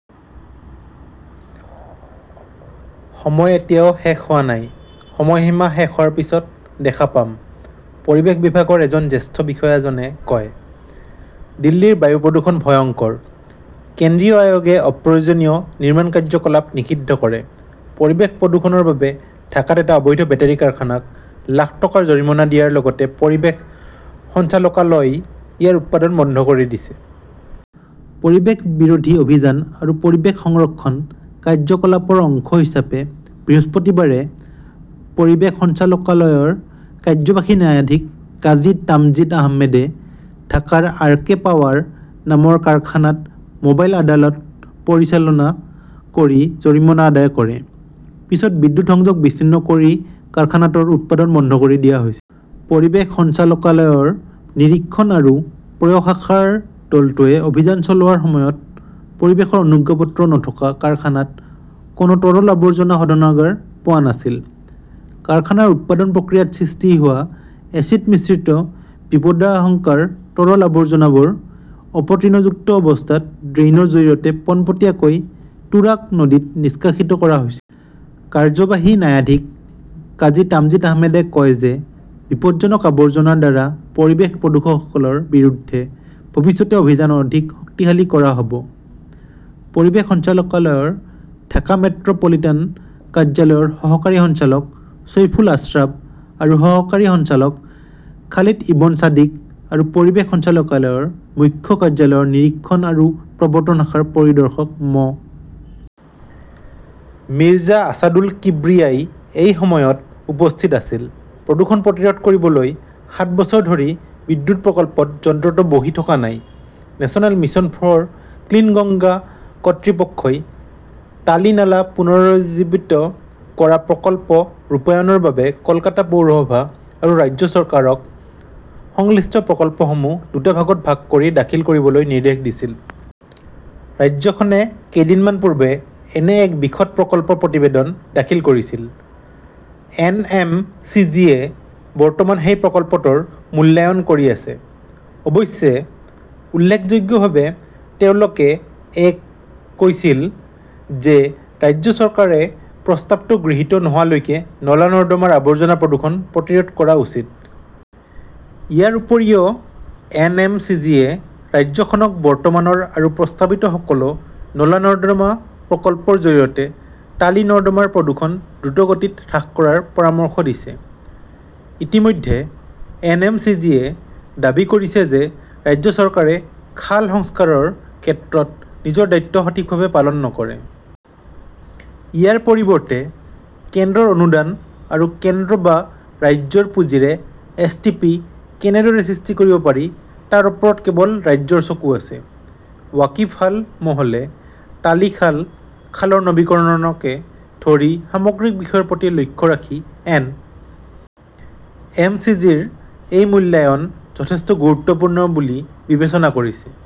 "সময় এতিয়াও শেষ হোৱা নাই। সময়সীমা শেষ হোৱাৰ পিছত দেখা পাম ", পৰিৱেশ বিভাগৰ এজন জ্যেষ্ঠ বিষয়াজনে কয়। দিল্লীৰ বায়ু প্ৰদূষণ ভয়ংকৰ, কেন্দ্ৰীয় আয়োগে অপ্ৰয়োজনীয় নিৰ্মাণ কাৰ্যকলাপ নিষিদ্ধ কৰে পৰিৱেশ প্ৰদূষণৰ বাবে ঢাকাত এটা অবৈধ বেটাৰী কাৰখানাক লাখ টকাৰ জৰিমনা দিয়াৰ লগতে পৰিৱেশ সঞ্চালকালয়ই ইয়াৰ উৎপাদন বন্ধ কৰি দিছে। প্ৰদূষণ বিৰোধী অভিযান আৰু পৰিৱেশ সংৰক্ষণ কাৰ্যকলাপৰ অংশ হিচাপে বৃহস্পতিবাৰে পৰিৱেশ সঞ্চালকালয়ৰ কাৰ্যবাহী ন্যায়াধীশ কাজী তামজিদ আহমেদে ঢাকাৰ আৰ. কে. পাৱাৰ নামৰ কাৰখানাত মোবাইল আদালত পৰিচালনা কৰি জৰিমনা আদায় কৰে। পিছত বিদ্যুৎ সংযোগ বিচ্ছিন্ন কৰি কাৰখানাটোৰ উৎপাদন বন্ধ কৰি দিয়া হৈছিল। পৰিৱেশ সঞ্চালকালয়ৰ নিৰীক্ষণ আৰু প্ৰয়োগ শাখাৰ দলটোৱে অভিযান চলোৱাৰ সময়ত পৰিৱেশৰ অনুজ্ঞাপত্ৰ নথকা কাৰখানাত কোনো তৰল আৱৰ্জনা শোধনাগাৰ পোৱা নাছিল। কাৰখানাৰ উৎপাদন প্ৰক্ৰিয়াত সৃষ্টি হোৱা এচিড-মিশ্ৰিত বিপদাশংকাৰ তৰল আৱৰ্জনাবোৰ অপতৃণযুক্ত অৱস্থাত ড্ৰেইনৰ জৰিয়তে পোনপটীয়াকৈ তুৰাগ নদীত নিষ্কাশিত কৰা হৈছিল। কাৰ্যবাহী ন্যায়াধীশ কাজী তামজিদ আহমেদে কয় যে বিপদজনক আৱৰ্জনাৰ দ্বাৰা পৰিৱেশ প্ৰদূষকসকলৰ বিৰুদ্ধে ভৱিষ্যতে অভিযান অধিক শক্তিশালী কৰা হ 'ব। পৰিৱেশ সঞ্চালকালয়ৰ ঢাকা মেট্ৰ 'পলিটান কাৰ্যালয়ৰ সহকাৰী সঞ্চালক চৈফুল আশ্ৰাব আৰু সহকাৰী সঞ্চালক খালিদ ইবন ছাদিক আৰু পৰিৱেশ সঞ্চালকালয়ৰ মুখ্য কাৰ্যালয়ৰ নিৰীক্ষণ আৰু প্ৰবৰ্ত্তন শাখাৰ পৰিদৰ্শক মো. মিৰ্জা আছাদুল কিব্ৰিয়াই এই সময়ত উপস্থিত আছিল। প্ৰদূষণ প্ৰতিৰোধ কৰিবলৈ সাত বছৰ ধৰি বিদ্যুৎ প্ৰকল্পত যন্ত্ৰটো বহি থকা নাই 'National Mission for Clean Ganga " কৰ্তৃপক্ষই টালি নালা পুনৰুজ্জীৱিত কৰা প্ৰকল্প ৰূপায়ণৰ বাবে কলকাতা পৌৰসভা আৰু ৰাজ্য চৰকাৰক সংশ্লিষ্ট প্ৰকল্পসমূহ দুটা ভাগত ভাগ কৰি দাখিল কৰিবলৈ নিৰ্দেশ দিছিল। ৰাজ্যখনে কেইদিনমান পূৰ্বে এনে এক বিশদ প্ৰকল্প প্ৰতিবেদন দাখিল কৰিছিল। এন. এম. চি. জি. -য়ে বৰ্তমান সেই প্ৰকল্পটোৰ মূল্যায়ন কৰি আছে। অৱশ্যে, উল্লেখযোগ্যভাৱে তেওঁলোকে এ-ক কৈছিল যে ৰাজ্য চৰকাৰে প্ৰস্তাৱটো গৃহীত নোহোৱালৈকে নলা-নৰ্দমাৰ আৱৰ্জনা-প্ৰদূষণ প্ৰতিৰোধ কৰা উচিত। ইয়াৰ উপৰিও এন. এম. চি. জি. -য়ে ৰাজ্যখনক বৰ্তমানৰ আৰু প্ৰস্তাৱিত সকলো নলা-নৰ্দমা প্ৰকল্প -ৰ জৰিয়তে টালি নৰ্দমাৰ প্ৰদূষণ দ্ৰুতগতিত হ্ৰাস কৰাৰ পৰামৰ্শ দিছে। ইতিমধ্যে, এন. এম. চি. জি. -য়ে দাবী কৰিছে যে ৰাজ্য চৰকাৰে খাল সংস্কাৰৰ ক্ষেত্ৰত নিজৰ দায়িত্ব সঠিকভাৱে পালন নকৰে। ইয়াৰ পৰিৱৰ্তে, কেন্দ্ৰৰ অনুদান আৰু কেন্দ্ৰ বা ৰাজ্যৰ পুঁজিৰে এছ. টি. পি. কেনেদৰে সৃষ্টি কৰিব পাৰি তাৰ ওপৰত কেৱল 'ৰাজ্যৰ "চকু আছে। ৱাকিবহাল মহলে টালি খাল, খালৰ নৱীকৰণকে ধৰি সামগ্ৰিক বিষয়ৰ প্ৰতি লক্ষ্য ৰাখি এন. এম. চি. জি. -ৰ এই মূল্যায়ন যথেষ্ট 'গুৰুত্বপূৰ্ণ "বুলি বিবেচনা কৰিছে।